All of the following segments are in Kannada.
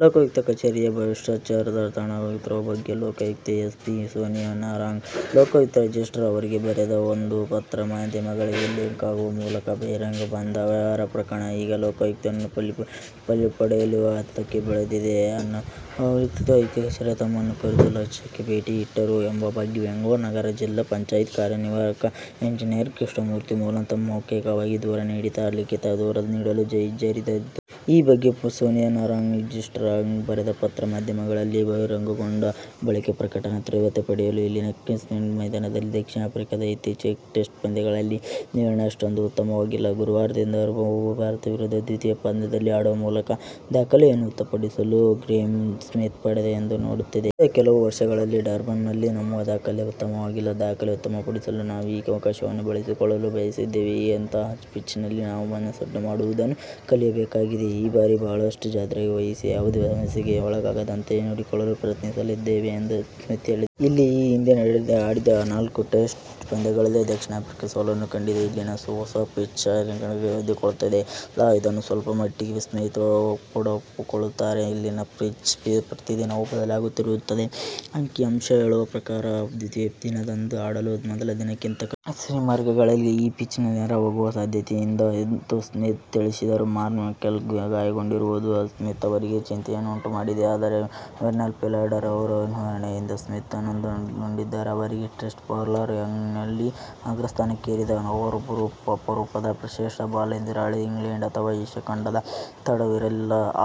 ಲೋಕಾಯುಕ್ತ ಕಚೇರಿಯೇ ಭ್ರಷ್ಟಾಚಾರದ ತಾಣವಾಗುತ್ತಿರುವ ಬಗ್ಗೆ Lokayukta S. P. Sonia Narang Lokayukta registrar ಅವರಿಗೆ ಬರೆದ ಒಂದು ಪತ್ರ ಮಾಧ್ಯಮಗಳಿಗೆ 'ಲೀಕ್' ಆಗುವ ಮೂಲಕ ಬಹಿರಂಗಕ್ಕೆ ಬಂದ ಅವ್ಯವಹಾರ ಪ್ರಕರಣ ಈಗ ಲೋಕಾಯುಕ್ತರನ್ನು ಬಲಿಪಡೆಯುವ ಹಂತಕ್ಕೆ ಬೆಳೆದಿದೆ. ಲೋಕಾಯುಕ್ತ ಕಚೇರಿಗೆ ತಮ್ಮನ್ನು ಕರೆದು ಲಂಚಕ್ಕೆ ಬೇಡಿಕೆ ಇಟ್ಟರು ಎಂಬ ಬಗ್ಗೆ ಬೆಂಗಳೂರು ನಗರ ಜಿಲ್ಲಾ ಪಂಚಾಯತ್ ಕಾರ್ಯನಿರ್ವಾಹಕ ಎಂಜಿನಿಯರ್ ಕೃಷ್ಣಮೂರ್ತಿ ಮೂಲತಃ ಮೌಖೀಕವಾಗಿ ದೂರು ನೀಡಿ, ಲಿಖೀತ ದೂರು ನೀಡಲು ಹಿಂಜರಿದಿದ್ದರು. ಈ ಬಗ್ಗೆ ಸೋನಿಯಾ ನಾರಂಗ್ ರಿಜಿಸ್ಟ್ರಾರ್ಗೆ ಬರೆದ ಪತ್ರ ಮಾಧ್ಯಮಗಳಲ್ಲಿ ಬಹಿರಂಗಗೊಂಡ ಬಳಿಕ ಪ್ರಕರಣ ತೀವ್ರತೆ ಪಡೆಯಿತು. ಇಲ್ಲಿನ ಕಿಂಗ್ಸ್ಮೇಡ್ ಮೈದಾನಲ್ಲಿ ದಕ್ಷಿಣ ಆಫ್ರಿಕಾದ ಇತ್ತೀಚೆಗಿನ ಟೆಸ್ಟ್ ಪಂದ್ಯಗಳಲ್ಲಿ ನಿರ್ವಹಣೆ ಅಷ್ಟೊಂದು ಉತ್ತಮವಾಗಿಲ್ಲ. ಗುರುವಾರದಿಂದ ಆರಂಭವಾಗುವ ಭಾರತ ವಿರುದ್ಧದ ದ್ವಿತೀಯ ಪಂದ್ಯದಲ್ಲಿ ಆಡುವ ಮೂಲಕ ದಾಖಲೆಯನ್ನು ಉತ್ತಮಪಡಿಸಲು ಗ್ರೇಮ್ ಸ್ಮಿತ್ ಪಡೆ ಎದುರು ನೋಡುತ್ತಿದೆ. ಕಳೆದ ಕೆಲವು ವರ್ಷಗಳಲ್ಲಿ ಡರ್ಬಾನ್ನಲ್ಲಿ ನಮ್ಮ ದಾಖಲೆ ಉತ್ತಮವಾಗಿಲ್ಲ. ದಾಖಲೆ ಉತ್ತಮಪಡಿಸಲು ನಾವು ಈ ಅವಕಾಶವನ್ನು ಬಳಸಿಕೊಳ್ಳಲು ಬಯಸಿದ್ದೇವೆ. ಇಂತಹ ಪಿಚ್ನಲ್ಲಿ ನಾವು ಮನಸ್ಸಿಟ್ಟು ಆಡುವುದನ್ನು ಕಲಿಯಬೇಕಾಗಿದೆ. ಈ ಬಾರಿ ಬಹಳಷ್ಟು ಜಾಗ್ರತೆ ವಹಿಸಿ ಯಾವುದೇ ಸಮಸ್ಯೆಗೆ ಒಳಗಾಗದಂತೆ ನೋಡಿಕೊಳ್ಳಲು ಪ್ರಯತ್ನಿಸಲಿದ್ದೇವೆ ಎಂದು ಸ್ಮಿತ್ ಹೇಳಿದರು. ಇಲ್ಲಿ ಈ ಹಿಂದೆ ಆಡಿದ ನಾಲ್ಕು ಟೆಸ್ಟ್ ಪಂದ್ಯಗಳಲ್ಲಿ ದಕ್ಷಿಣ ಆಫ್ರಿಕಾ ಸೋಲನ್ನು ಕಂಡಿದೆ. ಇಲ್ಲಿನ ಹೊಸ ಪಿಚ್ ಹರಿಣಗಳಿಗೆ ಹೊಂದಿಕೊಳ್ಳುತ್ತಿಲ್ಲ. ಇದನ್ನು ಸ್ವಲ್ಪಮಟ್ಟಿಗೆ ಸ್ಮಿತ್ ಕೂಡ ಒಪ್ಪಿಕೊಳ್ಳುತ್ತಾರೆ. ಇಲ್ಲಿನ ಪಿಚ್ ಪ್ರತಿ ದಿನವೂ ಬದಲಾಗುತ್ತಿರುತ್ತದೆ. ಅಂಕಿಅಂಶ ಹೇಳುವ ಪ್ರಕಾರ ದ್ವಿತೀಯ ದಿನದಂದು ಆಡಲು ಮೊದಲ ದಿನಕ್ಕಿಂತ ಕಷ್ಟ. ಸೀಮರ್ಗಳಿಗೆ ಈ ಪಿಚ್ ನೆರವಾಗುವ ಸಾಧ್ಯತೆಯಿದೆ ಎಂದು ಸ್ಮಿತ್ ತಿಳಿಸಿದರು. ಮಾರ್ನೆ ಮಾರ್ಕೆಲ್ ಗಾಯಗೊಂಡಿರುವುದು ಸ್ಮಿತ್ ಅವರಿಗೆ ಚಿಂತೆಯನ್ನುಂಟುಮಾಡಿದೆ. ಆದರೆ ವೆರ್ನನ್ ಫಿಲಾಂಡರ್ ಅವರ ನಿರ್ವಹಣೆಯಿಂದ ಸ್ಮಿತ್ ಆನಂದಗೊಂಡಿದ್ದಾರೆ. ಅವರೀಗ ಟೆಸ್ಟ್ ಬೌಲರ್ ರ್ಯಾಂಕಿಂಗ್ನಲ್ಲಿ ಅಗ್ರಸ್ಥಾನಕ್ಕೇರಿದ್ದಾರೆ. ಅವರೊಬ್ಬ ಅಪರೂಪದ ಶ್ರೇಷ್ಠ ಬೌಲರ್. ಎದುರಾಳಿ ಇಂಗ್ಲಂಡ್ ಅಥವಾ ಏಶ್ಯ ಖಂಡದ ತಂಡವಿರಲಿ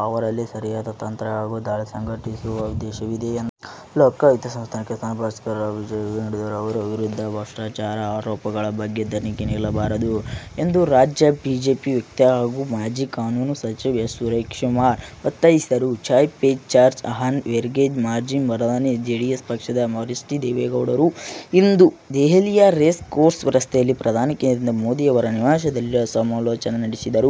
ಅವರಲ್ಲಿ ಸರಿಯಾದ ತಂತ್ರ ಹಾಗೂ ದಾಳಿ ಸಂಘಟಿಸುವ ಉದ್ದೇಶವಿದೆ ಎಂದರು. ಲೋಕಾಯುಕ್ತ ಸ್ಥಾನಕ್ಕೆ ನ್ಯಾ ಭಾಸ್ಕರ್ ರಾವ್ ರಾಜೀನಾಮೆ ನೀಡಿದ್ದರೂ ಅವರ ವಿರುದ್ಧದ ಭ್ರಷ್ಟಾಚಾರ ಆರೋಪಗಳ ಬಗ್ಗೆ ತನಿಖೆ ನಿಲ್ಲಬಾರದು ಎಂದು ರಾಜ್ಯ ಬಿಜೆಪಿಯ ವಕ್ತಾರ ಹಾಗೂ ಮಾಜಿ ಕಾನೂನು ಸಚಿವ ಎಸ್. ಸುರೇಶ್ಕುಮಾರ್ ಒತ್ತಾಯಿಸಿದ್ದಾರೆ. ಚಾಯ್ ಪೆ ಚರ್ಚಾ ಆಹ್ವಾನದ ಮೇರೆಗೆ ಮಾಜಿ ಪ್ರಧಾನಿ ಜೆಡಿಎಸ್ ಪಕ್ಷದ ವರಿಷ್ಠ ದೇವೇಗೌಡರು ಇಂದು ದೆಹಲಿಯ ರೇಸ್ ಕೋರ್ಸ್ ರಸ್ತೆಯಲ್ಲಿರುವ ಪ್ರಧಾನಿ ನರೇಂದ್ರ ಮೋದಿಯವರ ನಿವಾಸದಲ್ಲಿ ಸಮಾಲೋಚನೆ ನಡೆಸಿದರು.